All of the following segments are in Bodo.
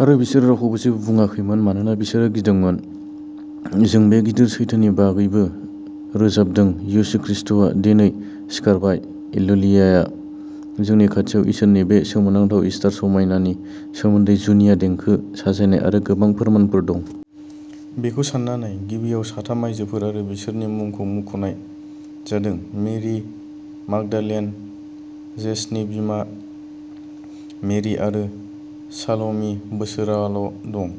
आरो बिसोरो रावखौबो जेबो बुङाखैमोन, मानोना बिसोरो गिदोंमोन। जों बे गिदिर सैथोनि बागैबो रोजाबदों यीशु खृष्टआ दिनै सिखारबाय, एलेलुयिया। जोंनि खाथियाव इसोरनि बे सोमोनांथाव इस्टार समायनानि सोमोन्दै जुनिया देंखो, साजायनाय आरो गोबां फोरमानफोर दं। बेखौ सानना नाय गिबियाव, साथाम आयजोफोर आरो बिसोरनि मुंखौ मुंख'नाय जादों, मेरि मागदालेन, जेम्सनि बिमा मेरि आरो साल'मि बेसोराल' दं।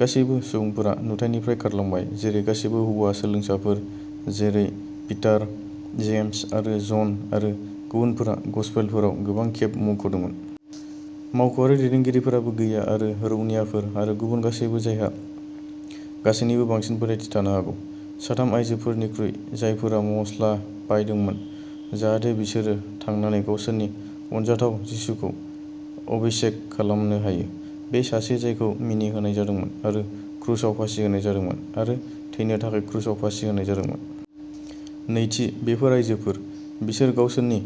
गासैबो सुबुंफोरा नुथाइनिफ्राय खारलांबाय, जेरै गासैबो हौवा सोलोंसाफोर जेरै पिटार, जेम्स आरो जन आरो गुबुनफोरा गस्पेलफोराव गोबां खेब मुंख'दोंमोन। मावख'आरि दैदेनगिरिफोराबो गैया आरो रौनियाफोर आरो गुबुन गासैबो जायहा गासैनिबो बांसिन फोथायथि थानो हागौ, साथाम आयजोफोरनिख्रुइ जायफोरा मस्ला बायदोंमोन जाहाथे बिसोरो थांनानै गावसोरनि अनजाथाव जिसुखौ अभिषेक खालामनो हायो, बे सासे जायखौ मिनिहोनाय जादोंमोन आरो क्रुसाव फासि होनाय जादोंमोन आरो थैनो थाखाय क्रुसाव फासि होनाय जादोंमोन। नैथि, बेफोर आयजोफोर। बिसोर गावसोरनि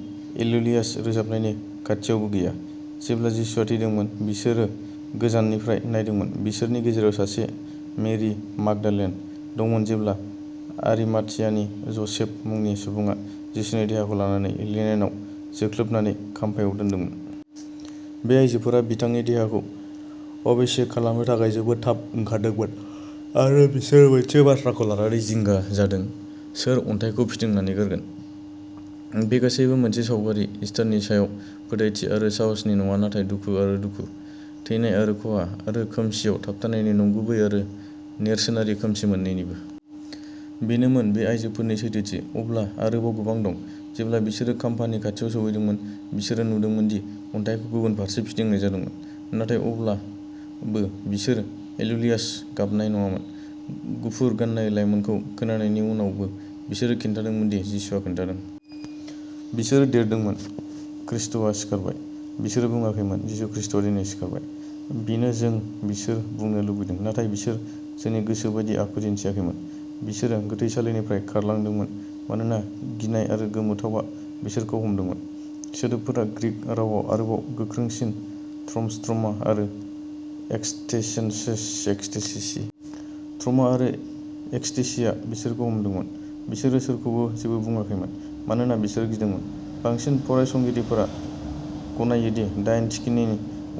एलेलुयास रोजाबनायनि खाथियावबो गैया। जेब्ला जिसुआ थैदोंमोन, बिसोर गोजाननिफ्राय नायदोंमोन। बिसोरनि गेजेराव सासे, मेरि माग्दालेन, दंमोन जेब्ला आरिमाथियानि ज'सेफ मुंनि सुबुङा जिसुनि देहाखौ लानानै लिनेनआव जोख्लोबनानै खाम्फायाव दोनदोंमोन। बे आइजोफोरा बिथांनि देहाखौ अभिषेक खालामनो थाखाय जोबोद थाब ओंखारदोंमोन आरो बिसोर मोनसे बाथ्राखौ लानानै जिंगा जादों, सोर अन्थाइखौ फिदिंनानै गारगोन? बे गासैबो मोनसे सावगारि इस्टारनि सायाव फोथायथि आरो साहसनि नङा नाथाय दुखु आरो दुखु, थैनाय आरो खहा, आरो खोमसिआव थाबथानायनि नंगुबै आरो नेरसोनारि खोमसि मोन्नैनिबो। बेनोमोन बे आइजोफोरनि सैथोथि। अब्ला आरोबाव गोबां दं। जेब्ला बिसोरो खाम्फानि खाथियाव सौहैदोंमोन, बिसोरो नुदोंमोन दि अन्थाइखौ गुबुन फारसे फिदिंनाय जादोंमोन। नाथाय अब्लाबो, बिसोरो एलेलुयास गाबनाय नङामोन। गुफुर गान्नाय लाइमोनखौ खोनानायनि उनावबो बिसोर खोन्थादोंमोन दि जिसुआ खोन्थादों। बिसोर देरदोंमोन, खृष्टआ सिखारबाय! बिसोर बुङाखैमोन, जिसु ख्रीष्टआ दिनै सिखारबाय! बेनो जों बिसोर बुंनो लुबैदों, नाथाय बिसोर जोंनि गोसो बायदि आखु दिन्थियाखैमोन। बिसोरो गोथैसालिनिफ्राय खारलांदोंमोन मानोना गिनाय आरो गोमोथावआ बिसोरखौ हमदोंमोन। सोदोबफोरा ग्रीक रावाव आरोबाव गोख्रोंसिन ट्रम'स ट्रमा आरो एक्सटेसिस एक्सटेसि। ट्रमा आरो एक्सटेसिया बिसोरखौ हमदोंमोन। बिसोरो सोरखौबो जेबो बुंङाखैमोन, मानोना बिसोरो गिदोंमोन। बांसिन फरायसंगिरिफोरा गनायो दि दाइन थिखिनि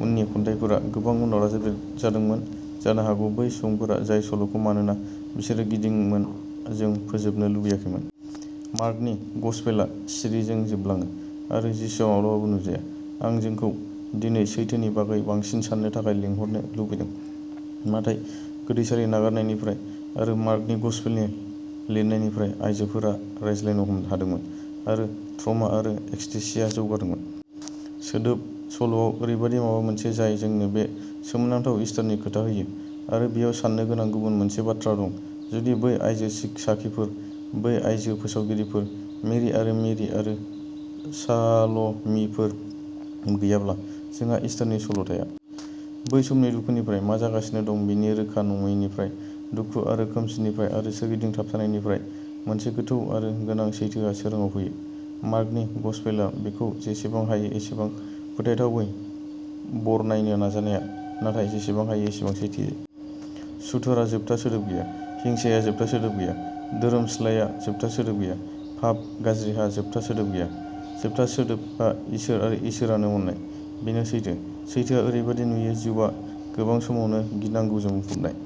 उननि खन्थाइफोरा गोबां उनाव दाजाबदेरजादोंमोन, जानो हागौ बै सुबुंफोरा जाय सल'खौ मानोना बिसोरो गिदोंमोन जों फोजोबनो लुबैयाखैमोन। मार्कनि गसपेलआ सिरिजों जोबलाङो आरो जिसुआ माब्लाबाबो नुजाया। आं जोंखौ दिनै सैथोनि बागै बांसिन साननो थाखाय लिंहरनो लुबैदों। नाथाय गोथैसालि नागारनायनिफ्राय आरो मार्कनि गसपेलनि लिरनायनिफ्राय, आइजोफोरा रायज्लायनो हादोंमोन आरो ट्रमा आरो एक्सटेसिया जौगादोंमोन। सोदोब, सल'आव, ओरैबायदि माबा मोनसे जाय जोंनो बे सोमोनांथाव इस्टारनि खोथा होयो। आरो बेयाव साननो गोनां गुबुन मोनसे बाथ्रा दं जुदि बै आइजो साखिफोर, बै आइजो फोसावगिरिफोर, मेरि आरो मेरि आरो साल'मिफोर गैयाब्ला, जोंहा इस्टारनि सल'थाया। बै समनि दुखुनिफ्राय, मा जागासिनो दं बेनि रोखा नङैनिफ्राय, दुखु आरो खोमसिनिफ्राय आरो सोरगिदिं थाबथानायनिफ्राय, मोनसे गोथौ आरो गोनां सैथोआ सोराङाव फैयो। मार्कनि गसपेलआ बेखौ जेसेबां हायो एसेबां फोथायथावै बरनायनो नाजानाया, नाथाय जेसेबां हायो एसेबां सैथोयै। सुथुरहा जोबथा सोदोब गैया। हिंसाया जोबथा सोदोब गैया। धोरोमस्लायहा जोबथा सोदोब गैया। पाप, गाज्रिहा जोबथा सोदोब गैया। जोबथा सोदोबा इसोर आरो इसोरानो अननाय। बेनो सैथो। सैथोआ ओरैबादि नुयो जिउआ गोबां समावनो गिनांगौजों बुंफबनाय।